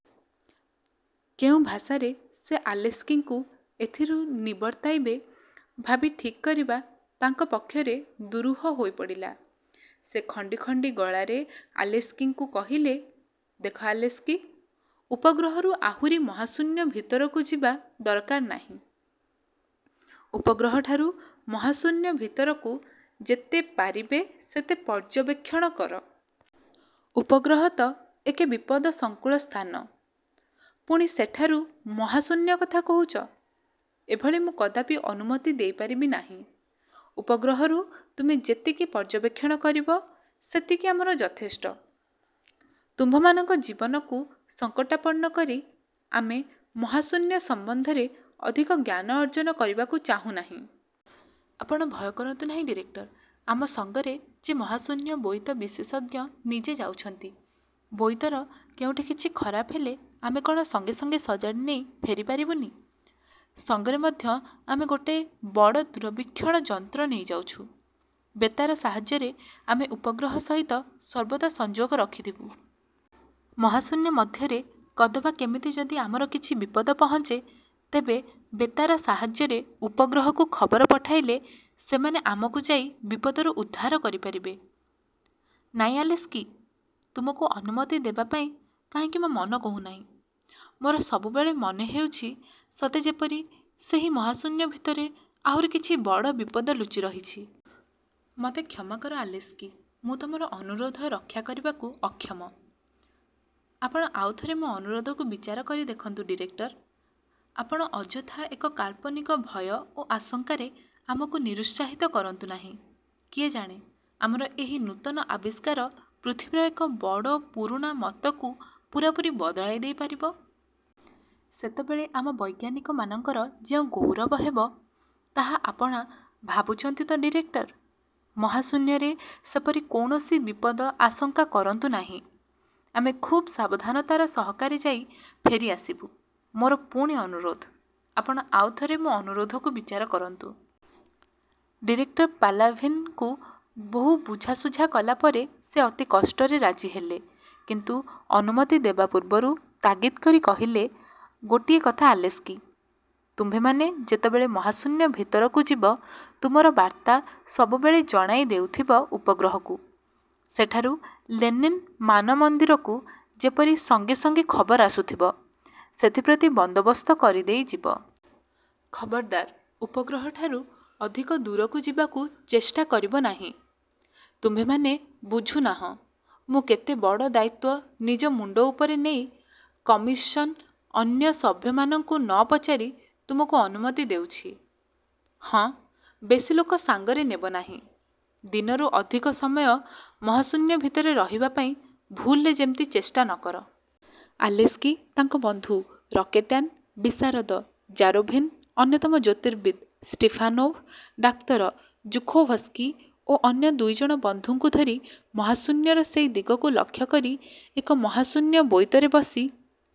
କେଉଁ ଭାଷାରେ ସେ ଆଲେସ୍କିଙ୍କୁ ଏଥିରୁ ନିବର୍ତ୍ତାଇବେ ଭାବି ଠିକ୍ କରିବା ତାଙ୍କ ପକ୍ଷରେ ଦୂରୁହ ହୋଇ ପଡ଼ିଲା। ସେ ଖଣ୍ଡି ଖଣ୍ଡି ଗଳାରେ ଆଲେସ୍କିଙ୍କୁ କହିଲେ, ''ଦେଖ ଆଲେସ୍କି, ଉପଗ୍ରହରୁ ଆହୁରି ମହାଶୂନ୍ୟ ଭିତରକୁ ଯିବା ଦରକାର ନାହିଁ। ଉପଗ୍ରହଠାରୁ ମହାଶୂନ୍ୟ ଭିତରକୁ ଯେତେ ପାରିବେ ସେତେ ପର୍ଯ୍ୟବେକ୍ଷଣ କର-। ଉପଗ୍ରହ ତ ଏକେ ବିପଦସଂକୁଳ ସ୍ଥାନ; ପୁଣି ସେଠାରୁ ମହାଶୂନ୍ୟ କଥା କହୁଛ, ଏଭଳି ମୁଁ କଦାପି ଅନୁମତି ଦେଇପାରିବି ନାହିଁ। ଉପଗ୍ରହରୁ ତୁମେ ଯେତିକି ପର୍ଯ୍ୟବେକ୍ଷଣ କରିବ, ସେତିକି ଆମର ଯଥେଷ୍ଟ। ତୁମ୍ଭମାନଙ୍କ ଜୀବନକୁ ସଂକଟାପନ୍ନ କରି ଆମେ ମହାଶୂନ୍ୟ ସମ୍ବନ୍ଧରେ ଅଧିକ ଜ୍ଞାନ ଅର୍ଜନ କରିବାକୁ ଚାହୁଁ ନାହିଁ। '' ''ଆପଣ ଭୟ କରନ୍ତୁ ନାହିଁ ଡିରେକ୍ଟର! ଆମ ସଙ୍ଗରେ ଯେ ମହାଶୂନ୍ୟ-ବୋଇତ-ବିଶେଷଜ୍ଞ ନିଜେ ଯାଉଛନ୍ତି। ବୋଇତର କେଉଠିଁ କିଛି ଖରାପ ହେଲେ ଆମେ କ'ଣ ସଙ୍ଗେ ସଙ୍ଗେ ସଜାଡ଼ି ନେଇ ଫେରିପାରିବୁନି? ସଙ୍ଗରେ ମଧ୍ୟ ଆମେ ଗୋଟିଏ ବଡ଼ ଦୂରବୀକ୍ଷଣ ନେଇ ଯାଉଛୁଁ-। ବେତାର ସାହାଯ୍ୟରେ ଆମେ ଉପଗ୍ରହ ସହିତ ସର୍ବଦା ସଂଯୋଗ ରଖିଥିବୁଁ। ମହାଶୂନ୍ୟ ମଧ୍ୟରେ କଦବା କେମିତି ଯଦି ଆମର କିଛି ବିପଦ ପହଞ୍ଚେ, ତେବେ ବେତାର ସାହାଯ୍ୟରେ ଉପଗ୍ରହକୁ ଖବର ପଠାଇଲେ ସେମାନେ ଆମକୁ ଯାଇ ବିପଦରୁ ଉଦ୍ଧାର କରି ପାରିବେ। '' ''ନାଇଁ ଆଲେସ୍କି! ତୁମକୁ ଅନୁମତି ଦେବାପାଇଁ କାହିଁକି ମୋ ମନ କହୁନାହିଁ। ମୋର ସବୁବେଳେ ମନେ ହେଉଛି, ସତେ ଯେପରି ସେହି ମହାଶୂନ୍ୟ ଭିତରେ ଆହୁରି କିଛି ବଡ଼ ବିପଦ ଲୁଚିରହିଛି। ମୋତେ କ୍ଷମାକର ଆଲେସ୍କି! ମୁଁ ତମର ଅନୁରୋଧ ରକ୍ଷା କରିବାକୁ ଅକ୍ଷମ। '' ଆପଣ ଆଉ ଥରେ ମୋ ଆନୁରୋଧକୁ ବିଚାର କରି ଦେଖନ୍ତୁ ଡିରେକ୍ଟର! ଆପଣ ଅଯଥା ଏକ କାଳ୍ପନିକ ଭୟ ଓ ଆଶଙ୍କାରେ ଆମକୁ ନିରୁତ୍ସାହିତ କରନ୍ତୁ ନାହିଁ। କିଏ ଜାଣେ ଆମର ଏହି ନୂତନ ଆବିଷ୍କାର ପୃଥିବୀର ଏକ ବଡ଼ ପୁରୁଣା ମତକୁ ପୂରାପୂରି ବଦଳାଇଦେଇ ପାରିବ। ସେତେବେଳେ ଆମ ବୈଜ୍ଞାନିକମାନଙ୍କର ଯେଉଁ ଗୌରବ ହେବ, ତାହା ଆପଣା ଭାବୁଛନ୍ତି ତ ଡିରେକ୍ଟର? ମହାଶୂନ୍ୟରେ ସେପରି କୌଣସି ବିପଦ ଆଶଙ୍କା କରନ୍ତୁ ନାହିଁ। ଆମେ ଖୁବ୍ ସାବଧାନତା ସହକାରେ ଯାଇ ଫେରିଆସିବୁ। ମୋର ପୁଣି ଅନୁରୋଧ, ''ଆପଣ ଆଉ ଥରେ ମୋ ଅନୁରୋଧକୁ ବିଚାର କରନ୍ତୁ। '' ଡିରେକ୍ଟର ପାଲାଭିନ୍ଙ୍କୁ ବହୁ ବୁଝାସୁଝା କଲାପରେ ସେ ଅତି କଷ୍ଟରେ ରାଜି ହେଲେ; କିନ୍ତୁ ଅନୁମତି ଦେବା ପୂର୍ବରୁ ତାଗିଦ୍ କରି କହିଲେ, ''ଗୋଟିଏ କଥା ଆଲେସ୍କି! ତୁମ୍ଭେମାନେ ଯେତେବେଳେ ମହାଶୂନ୍ୟ ଭିତରକୁ ଯିବ, ତୁମର ବାର୍ତ୍ତା ସବୁବେଳେ ଜଣାଇ ଦେଉଥିବ ଉପଗ୍ରହକୁ-। ସେଠାରୁ ଲେନିନ୍ ମାନମନ୍ଦିରକୁ ଯେପରି ସଙ୍ଗେ ସଙ୍ଗେ ଖବର ଆସୁଥିବ, ସେଥିପ୍ରତି ବନ୍ଦୋବସ୍ତ କରିଦେଇ ଯିବ। ଖବରଦାର, ଉପଗ୍ରହଠାରୁ ଅଧିକ ଦୂରକୁ ଯିବାକୁ ଚେଷ୍ଟା କରିବ ନାହିଁ-। ତୁମ୍ଭେମାନେ ବୁଝୁନାହଁ, ମୁଁ କେତେ ବଡ଼ ଦାୟିତ୍ୱ ନିଜ ମୁଣ୍ଡ ଉପରେ ନେଇ କମିଶନ୍ର ଅନ୍ୟ ସଭ୍ୟମାନଙ୍କୁ ନ ପଚାରି ତୁମକୁ ଅନୁମତି ଦେଉଛି। ହଁ, ବେଶି ଲୋକ ସଙ୍ଗରେ ନେବ ନାହିଁ। ଦିନରୁ ଅଧିକ ସମୟ ମହାଶୂନ୍ୟ ଭିତରେ ରହିବା ପାଇଁ ଭୁଲରେ ଯେମିତି ଚେଷ୍ଟା ନ କର। '' ଆଲେସ୍କି, ତାଙ୍କ ବନ୍ଧୁ ରକେଟ୍ଯାନ-ବିଶାରଦ ଜାରୋଭିନ୍, ଅନ୍ୟତମ ଜ୍ୟୋତିର୍ବିତ୍ ଷ୍ଟିପାନୋଭ, ଡାକ୍ତର ଜୁଖୋଭସ୍କି ଓ ଅନ୍ୟ ଦୁଇଜଣ ବନ୍ଧୁଙ୍କୁ ଧରି ମହାଶୂନ୍ୟର ସେଇ ଦିଗକୁ ଲକ୍ଷ୍ୟକରି ଏକ ମହାଶୂନ୍ୟ ବୋଇତରେ ବସି